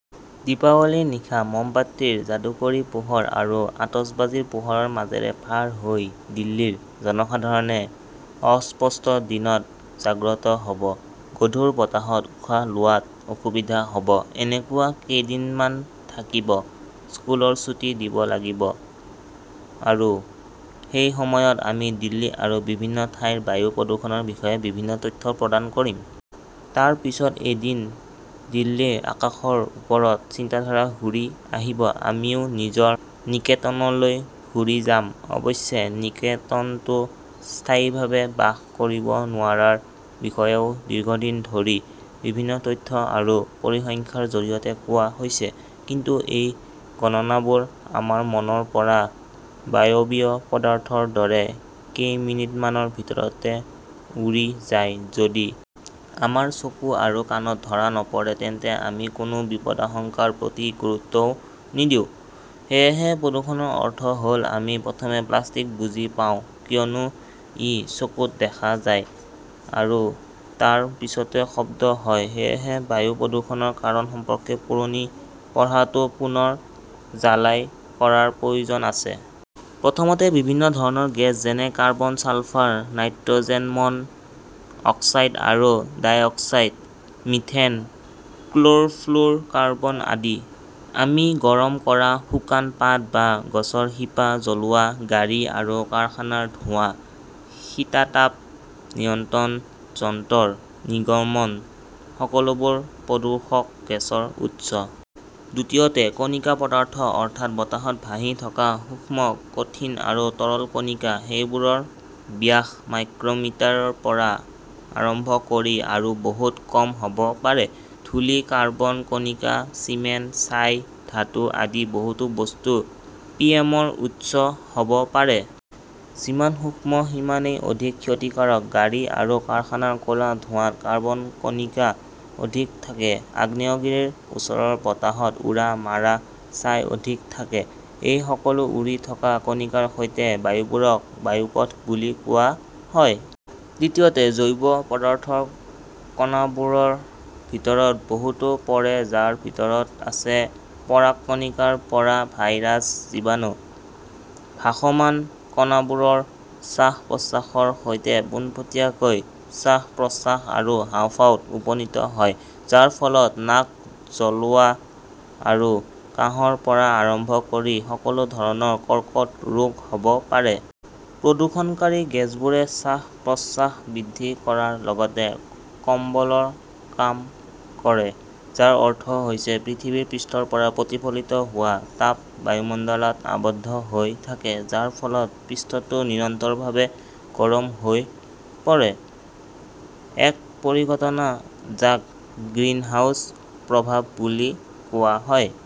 দীপাৱলীৰ নিশা মমবাতিৰ যাদুকৰী পোহৰ আৰু আতচবাজীৰ পোহৰৰ মাজেৰে পাৰ হৈ দিল্লীৰ জনসাধাৰণে অস্পষ্ট দিনত জাগ্ৰত হ'ব, গধুৰ বতাহত উশাহ লোৱাত অসুবিধা হ' ব। এনেকুৱা কেইদিনমান থাকিব, স্কুলৰ ছুটী দিব লাগিব, আৰু সেই সময়ত আমি দিল্লী আৰু বিভিন্ন ঠাইৰ বায়ু প্ৰদূষণৰ বিষয়ে বিভিন্ন তথ্য প্ৰদান কৰিম। তাৰ পিছত এদিন দিল্লীৰ আকাশৰ ওপৰত চিন্তাধাৰা ঘূৰি আহিব, আমিও নিজৰ নিকেতনলৈ ঘূৰি যাম। অৱশ্যে, নিকেতনতো স্থায়ীভাৱে বাস কৰিব নোৱাৰাৰ বিষয়েও দীৰ্ঘদিন ধৰি বিভিন্ন তথ্য আৰু পৰিসংখ্যাৰ জৰিয়তে কোৱা হৈছে। কিন্তু এই গণনাবোৰ আমাৰ মনৰ পৰা বায়বীয় পদাৰ্থৰ দৰে কেইমিনিটমানৰ ভিতৰতে উৰি যায়। যদি আমাৰ চকু আৰু কাণত ধৰা নপৰে তেন্তে আমি কোনো বিপদাশংকাৰ প্ৰতি গুৰুত্ব নিদিওঁ। সেয়েহে প্ৰদূষণৰ অৰ্থ হ'ল আমি প্ৰথমে প্লাষ্টিক বুজি পাওঁ, কিয়নো ই চকুত দেখা যায়, আৰু তাৰ পিছতে শব্দ হয়। সেয়েহে বায়ু প্ৰদূষণৰ কাৰণ সম্পৰ্কে পুৰণি পঢ়াটো পুনৰ ঝালাই কৰাৰ প্ৰয়োজন আছে। প্ৰথমতে, বিভিন্ন ধৰণৰ গেছ যেনে কাৰ্বন, ছালফাৰ, নাইট্ৰজেনমন' অক্সাইড আৰু ডাই-অক্সাইড, মিথেন, ক্লৰ'ফ্লুৰ'কাৰ্বন আদি। আমি গৰম কৰা, শুকান পাত বা গছৰ শিপা জ্বলোৱা, গাড়ী আৰু কাৰখানাৰ ধোঁৱা, শীতাতাপ নিয়ন্ত্ৰণ যন্ত্ৰৰ নিৰ্গমন সকলোবোৰ প্ৰদূষক গেছৰ উৎস। দ্বিতীয়তে, কণিকা পদাৰ্থ -অৰ্থাৎ বতাহত ভাহি থকা সূক্ষ্ম কঠিন আৰু তৰল কণিকা। সেইবোৰৰ ব্যাস মাইক্ৰ'মিটাৰ ৰ পৰা আৰম্ভ কৰি আৰু বহুত কম হ'ব পাৰে। ধূলি, কাৰ্বন কণিকা, চিমেণ্ট, ছাই, ধাতু আদি বহুতো বস্তু পিএমৰ উৎস হ 'ব পাৰে। যিমান সূক্ষ্ম সিমানেই অধিক ক্ষতিকাৰক। গাড়ী আৰু কাৰখানাৰ ক 'লা ধোঁৱাত কাৰ্বন-কণিকা অধিক থাকে, আগ্নেয়গিৰিৰ ওচৰৰ বতাহত উৰা মাৰা ছাই অধিক থাকে। এই সকলো উৰি থকা কণিকাৰ সৈতে বায়ুবোৰক বায়ুপথ বুলি কোৱা হয়। তৃতীয়তে, জৈৱ পদাৰ্থৰ কণাবোৰৰ ভিতৰত বহুতো পৰে যাৰ ভিতৰত আছে পৰাগকণিকাৰ পৰা ভাইৰাছ, জীৱাণু। ভাসমান কণাবোৰ শ্বাস-প্ৰশ্বাসৰ সৈতে পোনপটীয়াকৈ শ্বাস-প্ৰশ্বাস আৰু হাঁওফাঁওত উপনীত হয়, যাৰ ফলত নাক জ্বলোৱা আৰু কাহৰ পৰা আৰম্ভ কৰি সকলো ধৰণৰ কৰ্কট ৰোগ হ'ব পাৰে। প্ৰদূষণকাৰী গেছবোৰে শ্বাস-প্ৰশ্বাস বৃদ্ধি কৰাৰ লগতে কম্বলৰ কাম কৰে, যাৰ অৰ্থ হৈছে পৃথিৱীৰ পৃষ্ঠৰ পৰা প্ৰতিফলিত হোৱা তাপ বায়ুমণ্ডলত আবদ্ধ হৈ থাকে, যাৰ ফলত পৃষ্ঠটো নিৰন্তৰভাৱে গৰম হৈ পৰে, এক পৰিঘটনা যাক 'গ্ৰীণহাউছ প্ৰভাৱ' বুলি কোৱা হয় ।